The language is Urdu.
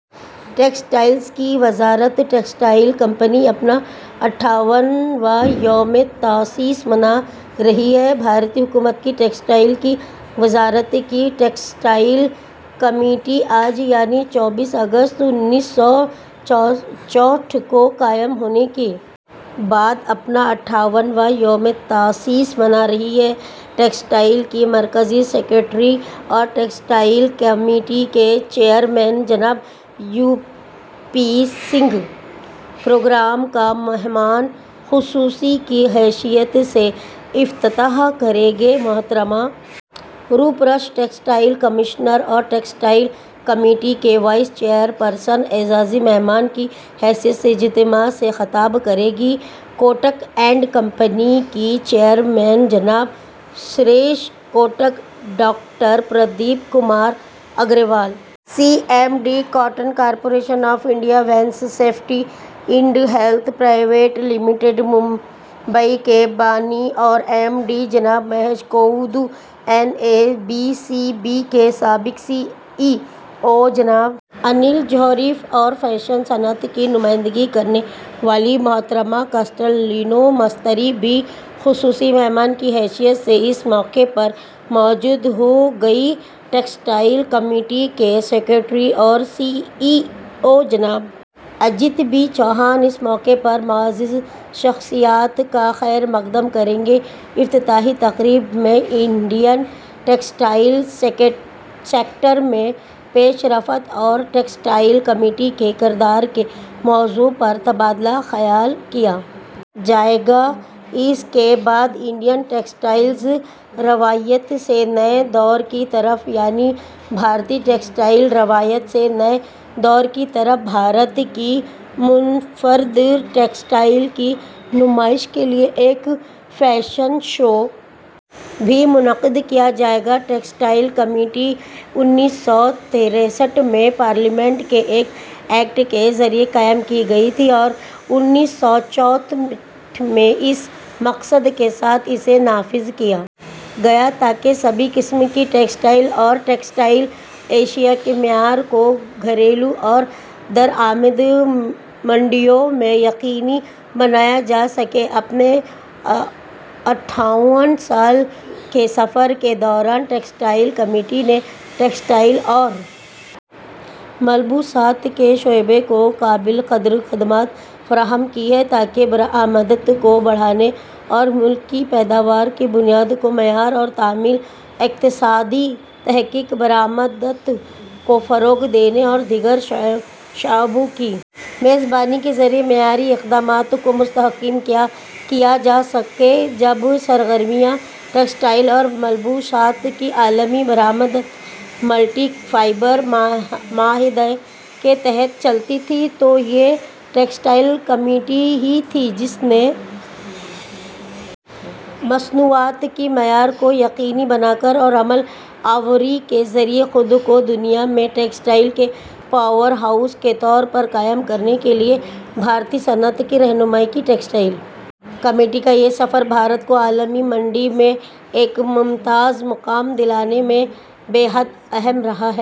ٹیکسٹائلز کی وزارت ٹیکسٹائل کمیٹی اپنا اتھاون واں یوم تاسیس منا رہی ہے بھارتی حکومت کی ٹیکسٹائل کی وزارت کی ٹیکسٹائل کمیٹی آج یعنی چوبیس اگست انیس سو چوٹھ کو قائم ہونے کے بعد اپنا اتھاون واں یوم تاسیس منا رہی ہے ٹیکسٹائل کے مرکزی سکریٹری اور ٹیکسٹائل کمیٹی کے چیئرمین جناب یو پی سنگھ پروگرام کا مہمان خصوصی کی حیثیت سے افتتاح کریں گے محترمہ روپ رشی ٹیکسٹائل کمشنر اور ٹیکسٹائل کمیٹی کی وائس چیئر پرسن اعزازی مہمان کی حیثیت سے اجتماع سے خطاب کریں گی کوٹک اینڈ کمپنی کے چیئرمین جناب Suresh Kotak doctor Pradeep Kumar Agarwal C M D cotton corporation of India Venice safety and health private limited Mumbai کے بانی اور ایم ڈی جناب Mahesh Kodu N A B C B کے سابق سی ای او جناب انل جوہری اور فیشن صنعت کی نمائندگی کرنے والی محترمہ کیسٹلینو مستری بھی خصوصی مہمان کی حیثیت سے اس موقع پر موجود ہوں گی ٹیکسٹائل کمیٹی کے سکریٹری اور سی ای او جناب اجیت بی چوہان اس موقع پر معزز شخصیات کا خیر مقدم کریں گے افتتاحی تقریب میں انڈین ٹیکسٹائل سیکٹر میں پیش رفت اور ٹیکسٹائل کمیٹی کے کردار کے موضوع پر تبادلہ خیال کیا جائے گا اس کے بعد انڈین ٹیکسٹائلز روایت سے نئے دور کی طرف یعنی بھارتی ٹیکسٹائل روایات سے نئے دور کی طرف بھارت کی منفرد ٹیکسٹائل کی نمائش کے لیے ایک فیشن شو بھی منعقد کیا جائے گا ٹیکسٹائل کمیٹی انیس سو تریسٹھ میں پارلیمنٹ کے ایک ایکٹ کے ذریعہ قائم کی گئی تھی اور انیس سو چوٹھ میں اس مقصد کے ساتھ اسے نافذ کیا گیا تاکہ سبھی قسم کی ٹیکسٹائل اور ٹیکسٹائل اشیا کے معیار کو گھریلو اور درآمدی منڈیوں میں یقینی بنایا جا سکے اپنے اتھاون سال کے سفر کے دوران ٹیکسٹائل کمیٹی نے ٹیکسٹائل اور ملبوسات کے شعبے کو قابل قدر خدمات فراہم کی ہیں تاکہ برآمدات کو بڑھانے اور ملکی پیداوار کی بنیاد کو معیار اور تعمیل اقتصادی تحقیق برآمدات کو فروغ دینے اور دیگر شعبوں کی میزبانی کے ذریعے معیاری اقدامات کو مستحکم کیا جا سکے جب سرگرمیاں ٹیکسٹائل اور ملبوسات کی عالمی برآمدات ملٹی فائبر معاہدے کے تحت چلتی تھیں تو یہ ٹیکسٹائل کمیٹی ہی تھی جس نے مصنوعات کے معیار کو یقینی بنا کر اور عمل آوری کے ذریعے خود کو دنیا میں ٹیکسٹائل کے پاور ہاؤس کے طور پر قائم کرنے کے لیے بھارتی صنعت کی رہنمائی کی ٹیکسٹائل کمیٹی کا یہ سفر بھارت کو عالمی منڈی میں ایک ممتاز مقام دلانے میں بے حد اہم رہا ہے